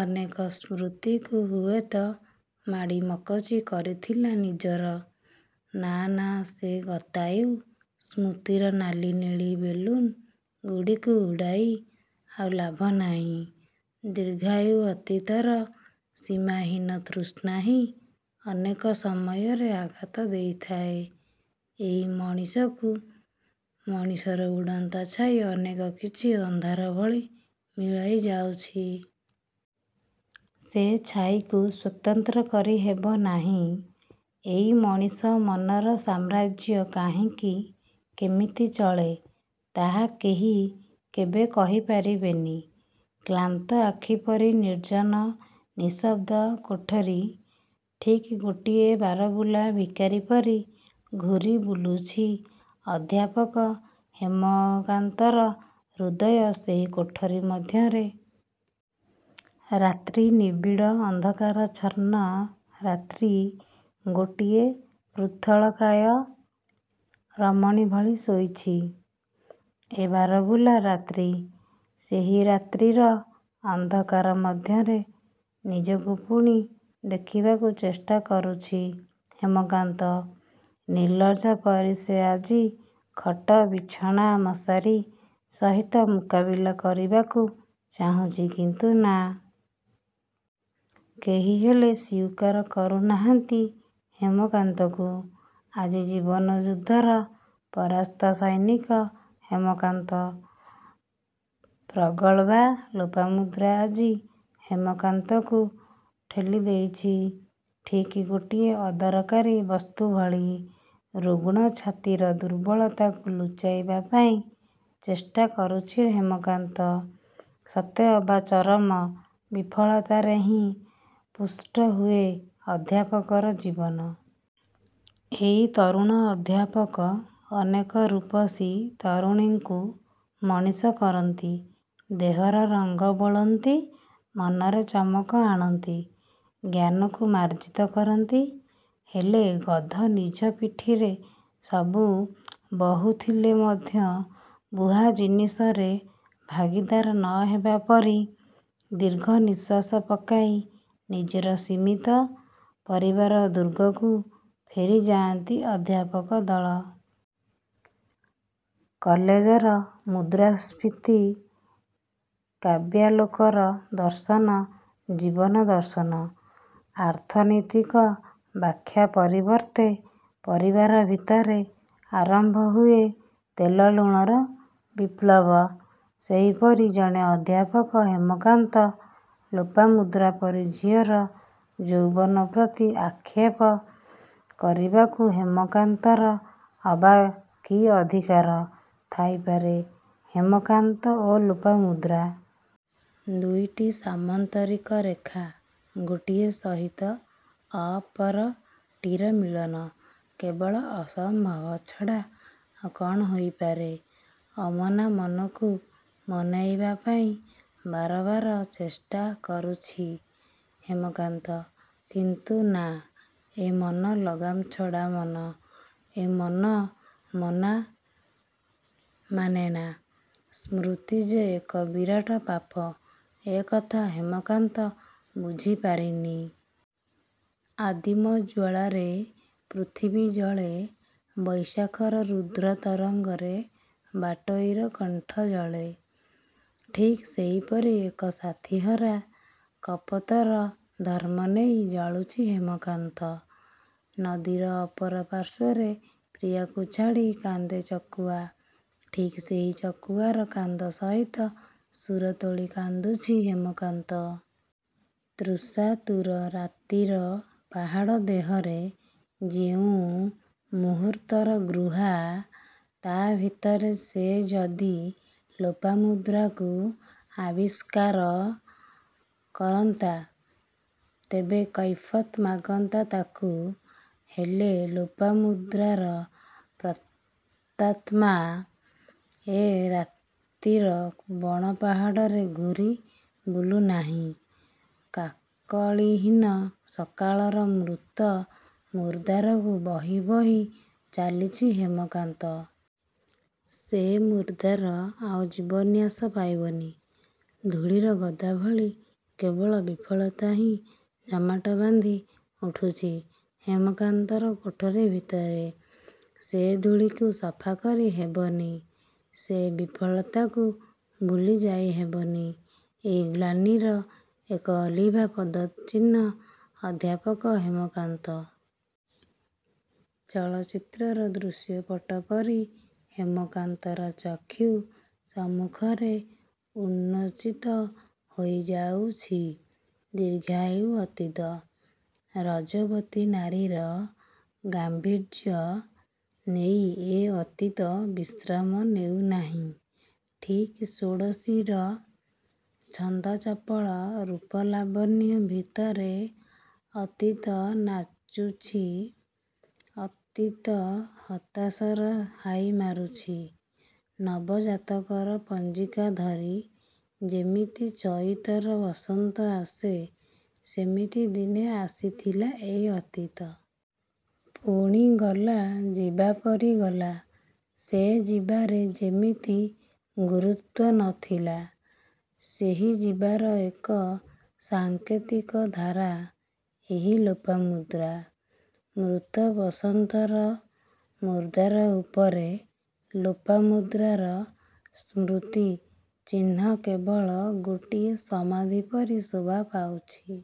ଅନେକ ସ୍ମୃତିକୁ ହୁଏତ ମାଡ଼ି ମକଚି କରିଥିଲା ନିଜର। ନାଁ ନାଁ ସେ ଗତାୟୁ ସ୍ମୃତିର ନାଲି ନେଳି ବେଲୁନ୍ ଗୁଡ଼ିକୁ ଉଡ଼ାଇ ଆଉ ଲାଭ ନାହିଁ-। ଦୀର୍ଘାୟୁ ଅତୀତର ସୀମାହୀନ ତୃଷ୍ଣା ହିଁ ଅନେକ ସମୟରେ ଆଘାତ ଦେଇଥାଏ ଏଇ ମଣିଷକୁ-। ମଣିଷର ଉଡ଼ନ୍ତା ଛାଇ ଅନେକ କିଛି ଅନ୍ଧାର ଭଳି ମିଳାଇ ଯାଉଛି। ସେ ଛାଇକୁ ସ୍ୱତନ୍ତ୍ର କରି ହେବନାହିଁ। ଏଇ ମଣିଷ ମନର ସାମ୍ରାଜ୍ୟ କାହିଁକି କେମିତି ଚଳେ-ତାହା କେହି କେବେ କହି ପାରିବେନି। କ୍ଲାନ୍ତ ଆଖିପରି ନିର୍ଜନ, ନିଃଶବ୍ଦ କୋଠରୀ। ଠିକ୍ ଗୋଟିଏ ବାରବୁଲା ଭିକାରୀ ପରି ଘୁରି ବୁଲୁଛି ଅଧ୍ୟାପକ ହେମକାନ୍ତର ହୃଦୟ ସେହି କୋଠରୀ ମଧ୍ୟରେ। ରାତ୍ରି ନିବିଡ଼ ଅନ୍ଧକାରାଚ୍ଛନ୍ନ ରାତ୍ରି ଗୋଟିଏ ପୃଥୁଳକାୟା ରମଣୀ ଭଳି ଶୋଇଛି ଏ ବାରବୁଲା ରାତ୍ରି। ସେହି ରାତ୍ରିର ଅନ୍ଧକାର ମଧ୍ୟରେ ନିଜକୁ ପୁଣି ଦେଖିବାକୁ ଚେଷ୍ଟା କରୁଛି ହେମକାନ୍ତ। ନିର୍ଲଜ ପରି ସେ ଆଜି ଖଟ, ବିଛଣା, ମଶାରୀ ସହିତ ମୁକାବିଲା କରିବାକୁ ଚାହୁଁଛି, କିନ୍ତୁ ନାଁ କେହିହେଲେ ସ୍ୱୀକାର କରୁନାହାଁନ୍ତି ହେମକାନ୍ତକୁ। ଆଜି ଜୀବନ ଯୁଦ୍ଧର ପରାସ୍ତ ସୈନିକ ହେମକାନ୍ତ। ପ୍ରଗଳ୍ଭା ଲୋପାମୁଦ୍ରା ଆଜି ହେମକାନ୍ତକୁ ଠେଲି ଦେଇଛି-ଠିକ୍ ଗୋଟିଏ ଅଦରକାରୀ ବସ୍ତୁ ଭଳି। ରୁଗ୍ଣ ଛାତିର ଦୁର୍ବଳତାକୁ ଲୁଚାଇବାପାଇଁ ଚେଷ୍ଟା କରୁଛି ହେମକାନ୍ତ। ସତେ ଅବା ଚରମ ବିଫଳତାରେ ହିଁ ପୁଷ୍ଟ ହୁଏ ଅଧ୍ୟାପକର ଜୀବନ। ଏଇ ତରୁଣ ଅଧ୍ୟାପକ ଅନେକ ରୂପସୀ ତରୁଣୀଙ୍କୁ ମଣିଷ କରନ୍ତି। ଦେହରେ ରଙ୍ଗ ବୋଳନ୍ତି। ମନରେ ଚମକ ଆଣନ୍ତି। ଜ୍ଞାନକୁ ମାର୍ଜିତ କରନ୍ତି। ହେଲେ ଗଧ ନିଜ ପିଠିରେ ସବୁ ବହୁଥିଲେ ମଧ୍ୟ, ବୁହା ଜିନିଷରେ ଭାଗୀଦାର ନ ହେବା ପରି, ଦୀର୍ଘ ନିଃଶ୍ୱାସ ପକାଇ ନିଜର ସୀମିତ ପରିବାର ଦୁର୍ଗକୁ ଫେରିଯାଆନ୍ତି ଅଧ୍ୟାପକ ଦଳ। କଲେଜର ମୁଦ୍ରାସ୍ଫୀତି, କାବ୍ୟାଲୋକର ଦର୍ଶନ, ଜୀବନ ଦର୍ଶନ, ଆର୍ଥନୀତିକ ବ୍ୟାଖ୍ୟା ପରିବର୍ତ୍ତେ ପରିବାର ଭିତରେ ଆରମ୍ଭ ହୁଏ ତେଲ ଲୁଣର ବିପ୍ଳବ। ସେହିପରି ଜଣେ ଅଧ୍ୟାପକ ହେମକାନ୍ତ। ଲୋପାମୁଦ୍ରା ପରି ଝିଅର ଯୌବନ ପ୍ରତି ଆକ୍ଷେପ କରିବାକୁ ହେମକାନ୍ତର ଅବା କି ଅଧିକାର ଥାଇପାରେ। ହେମକାନ୍ତ ଓ ଲୋପାମୁଦ୍ରା। ଦୁଇଟି ସାମନ୍ତରିକ ରେଖା। ଗୋଟିଏ ସହିତ ଅପରଟିର ମିଳନ କେବଳ ଅସମ୍ଭବ ଛଡ଼ା ଆଉ କ'ଣ ହୋଇପାରେ? ଅମନା ମନକୁ ମନାଇବା ପାଇଁ ବାରବାର ଚେଷ୍ଟା କରୁଛି ହେମକାନ୍ତ। କିନ୍ତୁ..। ନାଁ ଏ ମନ ଲଗାମ୍ ଛଡ଼ା ମନ। ଏ ମନ ମନା ମାନେନା। ସ୍ମୃତି ଯେ ଏକ ବିରାଟ ପାପ, ଏ କଥା ହେମକାନ୍ତ ବୁଝି ପାରିନି। ଆଦିମ ଜ୍ୱଳାରେ ପୃଥିବୀ ଜଳେ। ବୈଶାଖର ରୁଦ୍ର ତରଙ୍ଗରେ ବାଟୋଇର କଣ୍ଠ ଜଳେ। ଠିକ୍ ସେହିପରି ଏକ ସାଥୀହରା କପୋତର ଧର୍ମ ନେଇ ଜଳୁଛି ହେମକାନ୍ତ। ନଦୀର ଅପର ପାର୍ଶ୍ୱରେ ପ୍ରିୟାକୁ ଛାଡ଼ି କାନ୍ଦେ ଚକୁଆ। ଠିକ୍ ସେହି ଚକୁଆର କାନ୍ଦ ସହିତ ସୁର ତୋଳି କାନ୍ଦୁଛି ହେମାକନ୍ତ। ତୃଷାତୁର ରାତିର ପାହାଡ଼ ଦେହରେ ଯେଉଁ ମୁହୂର୍ତ୍ତର ଗୃହା ତା ଭିତରେ ସେ ଯଦି ଲୋପାମୁଦ୍ରାକୁ ଆବିଷ୍କାର କରନ୍ତା ତେବେ କୈଫୟତ୍ ମାଗନ୍ତା ତାକୁ-। ହେଲେ ଲୋପାମୁଦ୍ରାର ପ୍ରତାତ୍ମା। ଏ ରାତିର ବଣ ପାହାଡ଼ରେ ଘୂରି ବୁଲିନାହିଁ। କାକଳୀହୀନ ସକାଳର ମୃତ ମୁର୍ଦ୍ଦାରକୁ ବହି ବହି ଚାଲିଛି ହେମକାନ୍ତ। ସେ ମୂର୍ଦ୍ଦାର ଆଉ ଜୀବନ୍ୟାସ ପାଇବନି-। ଧୂଳିର ଗଦା ଭଳି କେବଳ ବିଫଳତା ହିଁ ଜମାଟ ବାନ୍ଧି ଉଠୁଛି ହେମକାନ୍ତର କୋଠରୀ ଭିତରେ-। ସେ ଧୂଳିକୁ ସଫାକରି ହେବନି। ସେ ବିଫଳତାକୁ ଭୁଲି ଯାଇ ହେବନି। ଏଇ ଗ୍ଲାନିର ଏକ ଅଲିଭା ପଦଚିହ୍ନ ଅଧ୍ୟାପକ ହେମକାନ୍ତ। ଚଳଚିତ୍ରର ଦୃଶ୍ୟପଟ ପରି ହେମକାନ୍ତର ଚକ୍ଷୁ ସମ୍ମୁଖରେ ଉନ୍ନୋଚିତ ହୋଇଯାଉଛି ଦୀର୍ଘାୟୁ ଅତୀତ। ରଜୋବତୀ ନାରୀର ଗାମ୍ଭୀର୍ଯ୍ୟ ନେଇ ଏ ଅତୀତ ବିଶ୍ରାମ ନେଉନାହିଁ। ଠିକ୍ ଷୋଡ଼ଶୀର ଛନ୍ଦଚପଳ ରୂପଲାବଣ୍ୟ ଭିତରେ ଅତୀତ ନାଚୁଛି.. ଅତୀତ ହତାଶାର ହାଇ ମାରୁଛି। ନବ ଜାତକର ପଞ୍ଜିକା ଧରି ଯେମିତି ଚଇତର ବସନ୍ତ ଆସେ, ସେମିତି ଦିନେ ଆସିଥିଲା ଏ ଅତୀତ। ପୁଣି ଗଲା.. ଯିବାପରି ଗଲା। ସେ ଯିବାରେ ଯେମିତି ଗୁରୁତ୍ୱ ନ ଥିଲା। ସେହି ଯିବାର ଏକ ସାଙ୍କେତିକ ଧାରା ଏହି ଲୋପାମୁଦ୍ରା। ମୃତ ବସନ୍ତର ମୁର୍ଦ୍ଦାର ଉପରେ ଲୋପାମୁଦ୍ରାର ସ୍ମୃତି ଚିହ୍ନ କେବଳ ଗୋଟିଏ ସମାଧି ପରି ଶୋଭା ପାଉଛି।